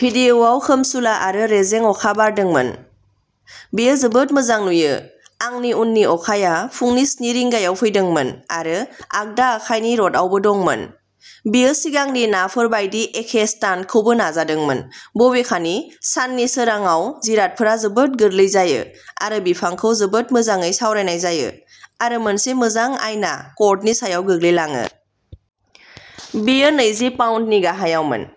भिडिअ'आव खोमसुला आरो रेजें अखा बारदोंमोन। बेयो जोबोद मोजां नुयो। आंनि उननि अखाया फुंनि स्नि रिंगायाव फैदोंमोन आरो आगदा आखाइनि रडआवबो दंमोन। बेयो सिगांनि नाफोर बायदि एखे स्टान्टखौबो नाजादोंमोन। बबेखानि, साननि सोरांआव जिरादफोरा जोबोद गोरलै जायो आरो बिफांखौ जोबोद मोजाङै सावरायनाय जायो आरो मोनसे मोजां आयना कर्डनि सायाव गोग्लैलाङो। बेयो नैजि पाउन्दनि गाहायावमोन।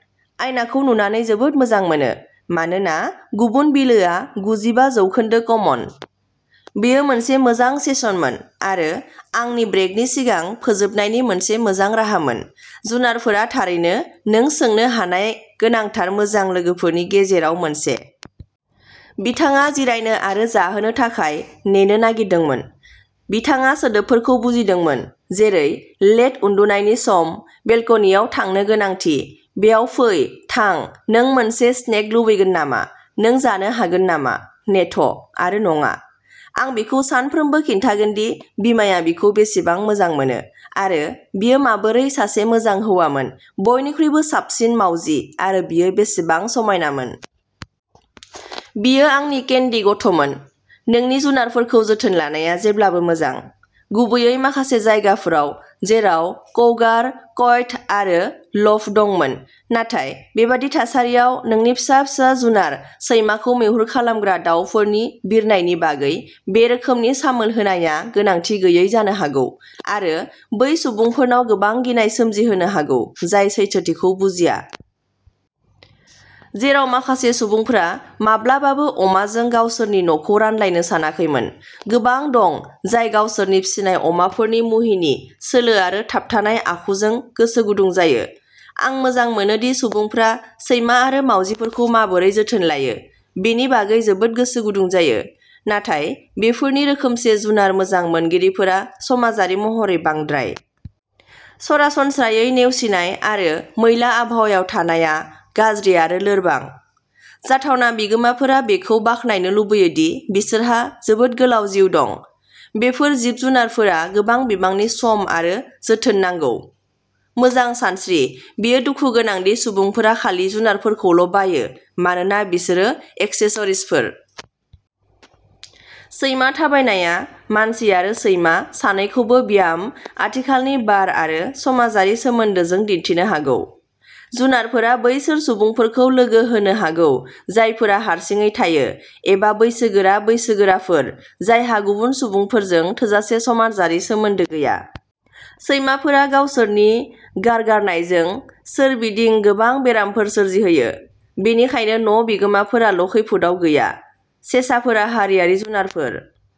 आयनाखौ नुनानै जोबोद मोजां मोनो, मानोना गुबुन बिलोआ गुजि बा जौखोन्दो कमन। बेयो मोनसे मोजां सेसनमोन आरो आंनि ब्रेकनि सिगां फोजोबनायनि मोनसे मोजां राहामोन। जुनारफोरा थारैनो नों सोंनो हानाय गोनांथार मोजां लोगोफोरनि गेजेराव मोनसे। बिथाङा जिरायनो आरो जाहोनो थाखाय नेनो नागिरदोंमोन, बिथाङा सोदोबफोरखौ बुजिदोंमोन जेरै लेथ', उन्दुनायनि सम, बेलकनिआव थांनो गोनांथि, बेयाव फै, थां, नों मोनसे स्नेक लुबैगोन नामा, नों जानो हागोन नामा, नेथ' आरो नङा। आं बिखौ सानफ्रोमबो खिन्थागोनदि बिमाया बिखौ बेसेबां मोजां मोनो आरो बियो माबोरै सासे मोजां हौवामोन, बयनिख्रुइबो साबसिन मावजि आरो बियो बेसेबां समायनामोन। बियो आंनि केन्डि गथ'मोन। नोंनि जुनारफोरखौ जोथोन लानाया जेब्लाबो मोजां, गुबैयै माखासे जायगाफोराव, जेराव कौगार, कयट आरो ल'फ दंमोन, नाथाय बेबादि थासारियाव नोंनि फिसा फिसा जुनार सैमाखौ मैहुर खालामग्रा दावफोरनि बिरनायनि बागै बे रोखोमनि सामोल होनाया गोनांथि गैयै जानो हागौ आरो बै सुबुंफोरनाव गोबां गिनाय सोमजिहोनो हागौ जाय सैथोथिखौ बुजिया। जेराव माखासे सुबुंफोरा माब्लाबाबो अमाजों गावसोरनि न'खौ रानलायनो सानाखैमोन, गोबां दं जाय गावसोरनि फिसिनाय अमाफोरनि मुहिनि, सोलो आरो थाबथानाय आखुजों गोसो गुदुं जायो। आं मोजां मोनोदि सुबुंफोरा सैमा आरो मावजिफोरखौ माबोरै जोथोन लायो बेनि बागै जोबोद गोसो गुदुं जायो, नाथाय बेफोर रोखोमसे जुनार मोजां मोनगिरिफोरा समाजारि महरै बांद्राय। सरासनस्रा नेवसिनाय आरो मैला आबहावायाव थानाय गाज्रि आरो लोरबां। जाथावना बिगोमाफोरा बेखौ बाखनायनो लुबैयो दि बिसोरहा जोबोद गोलाव जिउ दं, बेफोर जिब जुनारफोरा गोबां बिबांनि सम आरो जोथोन नांगौ। मोजां सानस्रि, बेयो दुखु गोनां दि सुबुंफोरा खालि जुनारफोरखौल' बायो मानोना बिसोर एक्सेसरिजफोर। सैमा थाबायनायआ मानसि आरो सैमा सानैखौबो ब्याम, आथिखालनि बार आरो समाजारि सोमोन्दोजों दिन्थिनो हागौ। जुनारफोरा बैसोर सुबुंफोरखौ लोगो होनो हागौ जायफोरा हारसिङै थायो एबा बैसोगोरा बैसोगोराफोर जायहा गुबुन सुबुंफोरजों थोजासे समाजारि सोमोन्दो गैया। सैमाफोरा गावसोरनि गारगारनायजों सोरगिदिं गोबां बेरामफोर गोसारहोयो, बेनिखायनो न' बिगोमाफोराल' खैफोदआव गैया। सेसाफोरा हारियारि जुनारफोर।